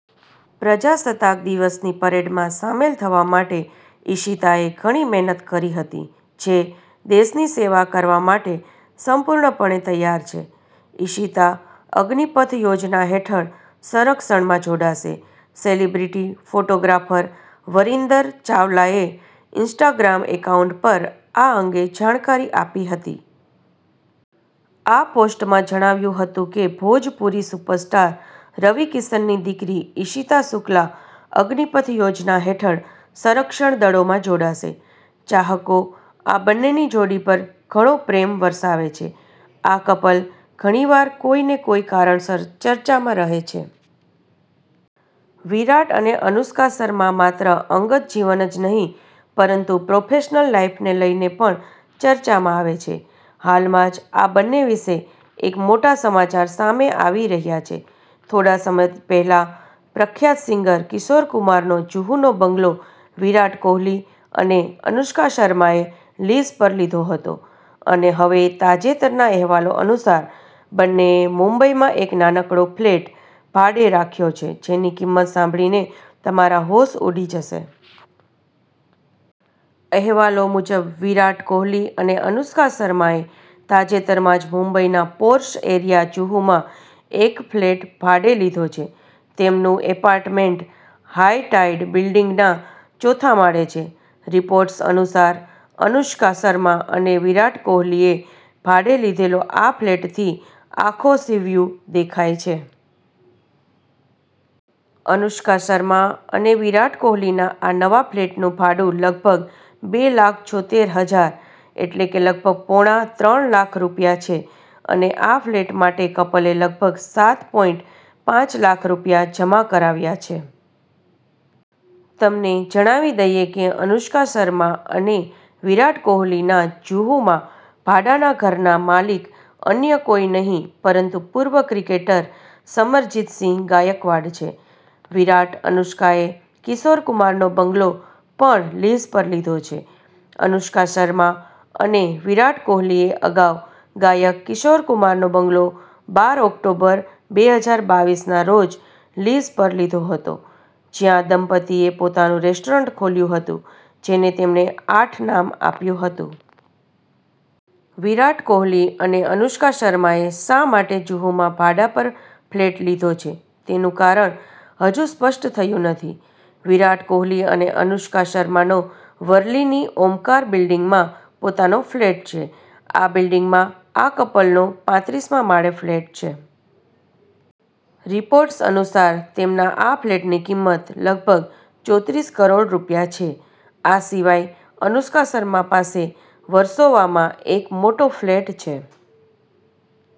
પ્રજાસત્તાક દિવસની પરેડમાં સામેલ થવા માટે ઈશિતાએ ઘણી મહેનત કરી હતી. જે દેશની સેવા કરવા માટે સંપૂર્ણપણે તૈયાર છે. ઈશિતા અગ્નિપથ યોજના હેઠળ સંરક્ષણમાં જોડાશે સેલિબ્રિટી ફોટોગ્રાફર વરિન્દર ચાવલાએ ઇન્સ્ટાગ્રામ એકાઉન્ટ પર આ અંગે જાણકારી આપી હતી. આ પોસ્ટમાં જણાવ્યું હતું કે, ભોજપુરી સુપરસ્ટાર રવિ કિશનની દીકરી ઈશિતા શુક્લા અગ્નિપથ યોજના હેઠળ સંરક્ષણ દળોમાં જોડાશે. ચાહકો આ બંનેની જોડી પર ઘણો પ્રેમ વરસાવે છે. આ કપલ ઘણીવાર કોઈને કોઈ કારણસર ચર્ચામાં રહે છે. વિરાટ અને અનુષ્કા શર્મા માત્ર અંગત જીવન જ નહીં પરંતુ પ્રોફેશનલ લાઈફને લઈને પણ ચર્ચામાં આવે છે. હાલમાં જ આ બંને વિશે એક મોટા સમાચાર સામે આવી રહ્યા છે. થોડા સમય પહેલા પ્રખ્યાત સિંગર કિશોર કુમાર નો જુહુનો બંગલો વિરાટ કોહલી અને અનુષ્કા શર્માએ લીઝ પર લીધો હતો અને હવે તાજેતરના અહેવાલો અનુસાર, બંનેએ મુંબઈ માં એક નાનકડો ફ્લેટ ભાડે રાખ્યો છે, જેની કિંમત સાંભળીને તમારા હોશ ઉડી જશે. અહેવાલો મુજબ, વિરાટ કોહલી અને અનુષ્કા શર્માએ તાજેતરમાં જ મુંબઈના પોર્શ એરિયા જુહુમાં એક ફ્લેટ ભાડે લીધો છે. તેમનું એપાર્ટમેન્ટ હાઈ ટાઈડ બિલ્ડિંગના ચોથા માળે છે. રિપોર્ટ્સ અનુસાર, અનુષ્કા શર્મા અને વિરાટ કોહલીએ ભાડે લીધેલો આ ફ્લેટથી આખો સીવ્યૂ દેખાય છે. અનુષ્કા શર્મા અને વિરાટ કોહલીના આ નવા ફ્લેટનું ભાડું લગભગ બે લાખ છોતેર હજાર એટલે કે લગભગ પોણા ત્રણ લાખ રૂપિયા છે અને આ ફ્લેટ માટે કપલે લગભગ સાત પોઈન્ટ પાંચ લાખ રૂપિયા જમા કરાવ્યા છે. તમને જણાવી દઈએ કે અનુષ્કા શર્મા અને વિરાટ કોહલીના જુહુમાં ભાડાના ઘરના માલિક અન્ય કોઈ નહીં પરંતુ પૂર્વ ક્રિકેટર સમરજિત સિંહ ગાયકવાડ છે. વિરાટ-અનુષ્કાએ કિશોર કુમારનો બંગલો પણ લીઝ પર લીધો છે: અનુષ્કા શર્મા અને વિરાટ કોહલીએ અગાઉ ગાયક કિશોર કુમારનો બંગલો બાર ઓક્ટોબર, બે હજાર બાવીસ ના રોજ લીઝ પર લીધો હતો, જ્યાં દંપતીએ પોતાનું રેસ્ટોરન્ટ ખોલ્યું હતું, જેને તેમણે આઠ નામ આપ્યું હતું. વિરાટ કોહલી અને અનુષ્કા શર્માએ શા માટે જુહુમાં ભાડા પર ફ્લેટ લીધો છે તેનું કારણ હજુ સ્પષ્ટ થયું નથી. વિરાટ કોહલી અને અનુષ્કા શર્માનો વર્લીની ઓમકાર બિલ્ડીંગમાં પોતાનો ફ્લેટ છે. આ બિલ્ડીંગમાં આ કપલનો પાત્રીસ મા માળે ફ્લેટ છે. રિપોર્ટ્સ અનુસાર તેમના આ ફ્લેટની કિંમત લગભગ ચોત્રીસ કરોડ રૂપિયા છે. આ સિવાય અનુષ્કા શર્મા પાસે વર્સોવામાં એક મોટો ફ્લેટ છે.